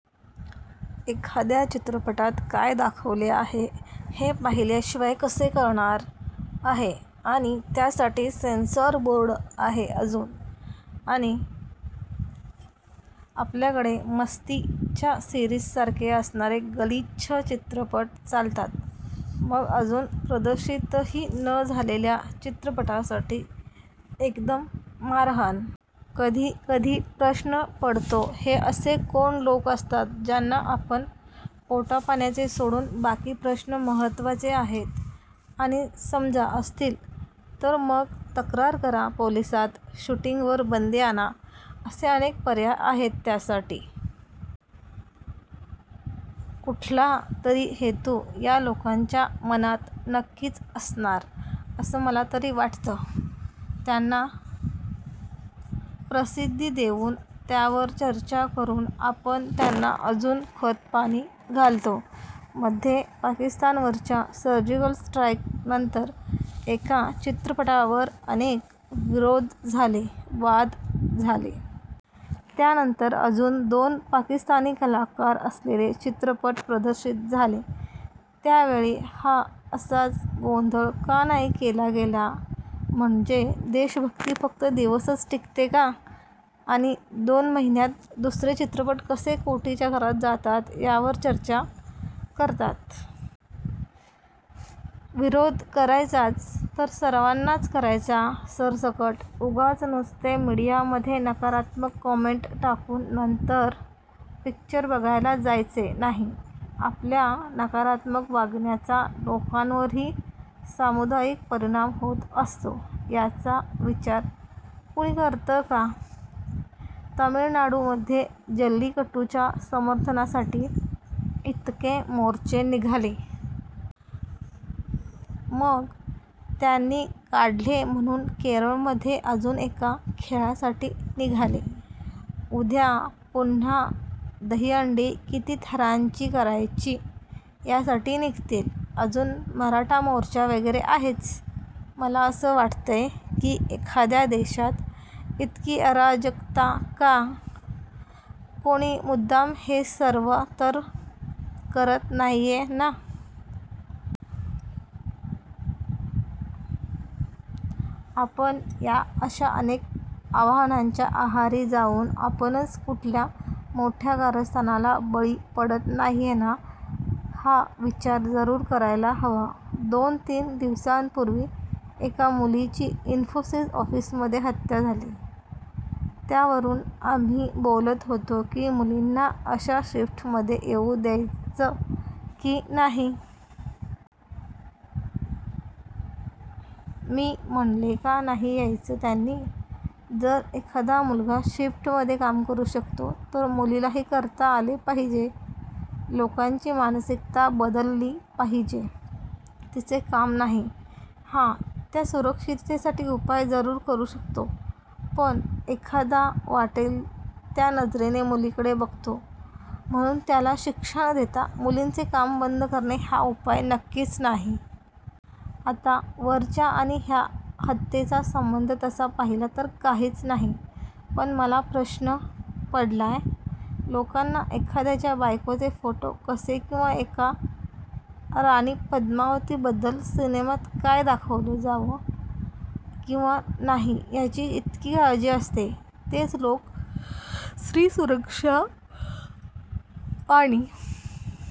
एखाद्या चित्रपटात काय दाखवले आहे हे पाहिल्याशिवाय कसे कळणार आहे? आणि त्यासाठी सेन्सॉर बोर्ड आहे अजून. आणि आपल्याकडे मस्ती च्या सिरीजसारखे असणारे गलिच्छ चित्रपट चालतात, मग अजून प्रदर्शितही न झालेल्या चित्रपटासाठी एकदम मारहाण? कधी कधी प्रश्न पडतो हे असे कोण लोक असतात ज्यांना आपल्या पोटापाण्याचे सोडून बाकी प्रश्न महत्वाचे आहेत? आणि समजा असतील तर मग तक्रार करा पोलिसात, शूटिंग वर बंदी आणा, असे अनेक पर्याय आहेत त्यासाठी. कुठला तरी हेतू या लोकांच्या मनात नक्कीच असणार असं मला तरी वाटतं आणि त्यांना प्रसिद्धी देऊन, त्यावर चर्चा करून आपण त्यांना अजून खतपाणी घालतो. मध्ये पाकिस्तानवरच्या सर्जिकल स्ट्राईक नंतर, एका चित्रपटावर अनेक विरोध झाले, वाद झाले. त्यानंतर अजून दोन पाकिस्तानी कलाकार असलेले चित्रपट प्रदर्शित झाले. त्यावेळी हा असाच गोंधळ का नाही केला गेला? म्हणजे देशभक्ती फक्त दिवसच टिकते का? आणि दोन महिन्यात, दुसरे चित्रपट कसे कोटीच्या घरात जातात यावर चर्चा करतात. विरोध करायचाच तर सर्वांनाच करायचा, सरसकट. उगाच नुसते मीडियामध्ये नकारात्मक कमेंट टाकून नंतर पिक्चर बघायला जायचे नाही. आपल्या नकारात्मक वागण्याचा लोकांवरही सामुदायिक परिणाम होत असतो याचा विचार कुणी करतं का? तामिळनाडू मध्ये जल्लीकटूच्या समर्थनासाठी इतके मोर्चे निघाले. मग त्यांनी काढले म्हणून केरळमध्ये अजून एका खेळासाठी निघाले. उद्या पुन्हा दहीहंडी किती थरांची करायची यासाठी निघतील. अजून मराठा मोर्चा वगैरे आहेच. मला असं वाटतंय की एखाद्या देशात इतकी अराजकता का? कोणी मुद्दाम हे सर्व तर करत नाहीये ना? आपण या अशा अनेक आवाहनांच्या आहारी जाऊन आपणच कुठल्या मोठ्या कारस्थानाला बळी पडत नाहीये ना हा विचार जरूर करायला हवा. दोन तीन दिवसांपूर्वी एका मुलीची इन्फोसिस ऑफिस मध्ये हत्या झाली. त्यावरून आम्ही बोलत होतो की मुलींना अशा शिफ्ट मध्ये येऊ द्यायचं की नाही? मी म्हणले का नाही यायचं त्यांनी? जर एखादा मुलगा शिफ्ट मध्ये काम करू शकतो तर मुलीलाही करता आले पाहिजे. लोकांची मानसिकता बदलली पाहिजे, तिचे काम नाही? हा, त्या सुरक्षिततेसाठी उपाय जरूर करू शकतो, पण एखादा वाटेल त्या नजरेने मुलीकडे बघतो म्हणून त्याला शिक्षा न देता मुलींचे काम बंद करणे हा उपाय नक्कीच नाही. आता वरच्या आणि या हत्येचा संबंध तसा पाहिला तर काहीच नाही. पण मला प्रश्न पडलाय, लोकांना एखाद्याच्या बायकोचे फोटो कसे किंवा एका राणी पद्मावती बद्दल सिनेमात काय दाखवलं जावं किंवा नाही याची इतकी काळजी असते, तेच लोक स्त्री सुरक्षा आणि